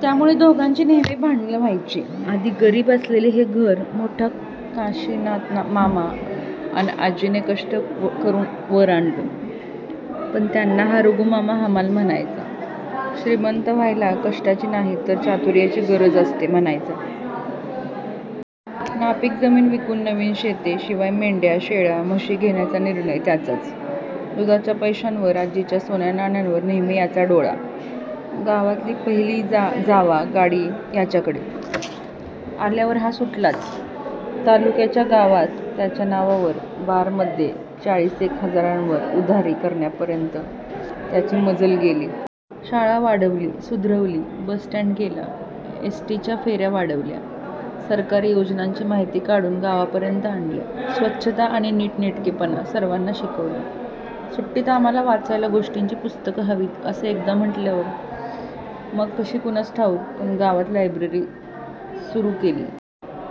त्यामूळे दोघांची नेहेमी भांडणं व्हायची. आधी गरीब असलेलं हे घर मोठा काशीनाथमामा अन आजीने कष्ट करून वर आणलं. पण त्यांना हा रघूमामा हमाल म्हणायचा. श्रीमंत व्हायला कष्टाची नाही, तर चातूर्याची गरज असते म्हणायचा. नापीक जमीन विकून नवीन शेते, शिवाय मेंढ्या, शेळ्या, म्हशी घेण्याचा निर्णय त्याचाच. दुधाच्या पैशांवर, आजीच्या सोन्यानाण्यावर नेहेमी याचा डोळा. गावातली पहिली जावा गाडी याच्याकडे आल्यावर हा सुटलाच. तालूक्याच्या गावात याच्या नावावर बारमध्ये चाळीसेक हजारांवर 'उधारी' करण्यापर्यंत त्याची मजल गेली. शाळा वाढवली, सुधरवली. बस-स्टँड केला. एस्. टी. च्या फेर्या वाढवल्या. सरकारी योजनांची माहिती काढून गावापर्यंत आणल्या. स्वच्छता अन नीटनेटकेपणा सर्वांना शिकविला. सुट्टीत आम्हाला वाचायला गोष्टींची पुस्तके हवीत, असं एकदा म्हटल्यावर मग कशी कुणास ठाऊक, पण गावात लायब्ररीच सुरू झाली.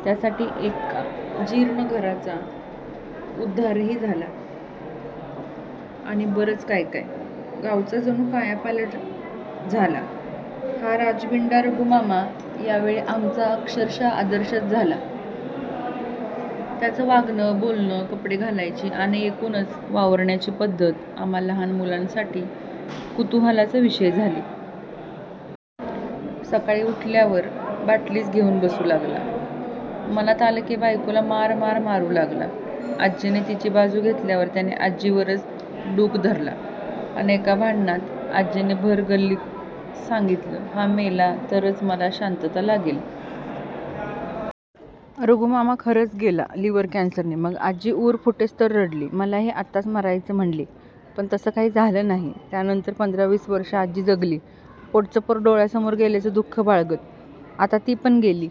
त्यासाठी एका जीर्ण घराचा उध्दारही झाला. आणि बरंच काय काय.. गावाचा जणू कायापालट झाला. हा राजबिंडा रघूमामा यावेळी आमचा अक्षरशः आदर्शच झाला. त्याचं वागणं, बोलणं, कपडे घालायची अन एकूणच वावरण्याची पध्दत आम्हा लहान मुलांसाठी कुतूहलाचा विषय झाली. सकाळी उठल्यावर बाटलीच घेऊन बसू लागला. मनात आलं की बायकोला मार मार मारू लागला. आजीने तिची बाजू घेतल्यावर त्याने आजीवरच डुख धरला. अन एका भांडणात आजीने भर गल्लीत सांगितलं, हा मेला, तरच मला शांतता लागेल. रघूमामा खरेच गेला. लिव्हर कँसरने. मग आजी ऊर फुटेस्तवर रडली. मलाही आताच मरायचं म्हणाली. पण तसं काही झालं नाही. त्यानंतर पंधरा-वीस वर्षे आजी जगली. पोटचा पोर डोळ्यांसमोर गेल्याचं दु:ख बाळगत. आता ती पण गेली.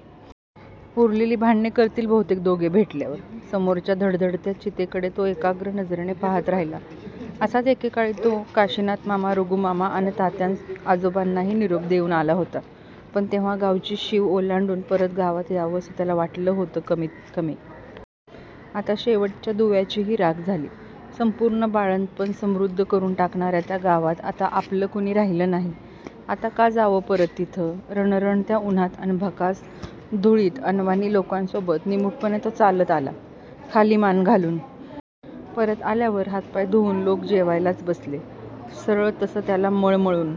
उरलेली भांडणे करतील बहूतेक दोघे भेटल्यावर..! समोरच्या धडधडत्या चितेकडे तो एकाग्र नजरेने पाहत राहिला. असाच एकेकाळी तो काशीनाथमामा, रघूमामा अन तात्याआजोबांनाही निरोप देऊन आला होता. पण तेव्हा गावाची शीव ओलांडून परत गावात यावसं त्याला वाटलं होतं कमीत कमी. आता शेवटच्या दुव्याचीही राख झाली. संपूर्ण बाळपण समृध्द करून टाकणार्या त्या गावात आता आपलं कुणी राहिलं नाही. आता का जावं परत तिथं? रणरणत्या उन्हात अन भकास धुळीत अनवाणी लोकांसोबत निमूटपणे तो चालत आला, खाली मान घालून. परत आल्यावर हात-पाय धुवून लोक जेवायलाच बसले सरळ, तसं त्याला मळ-मळून--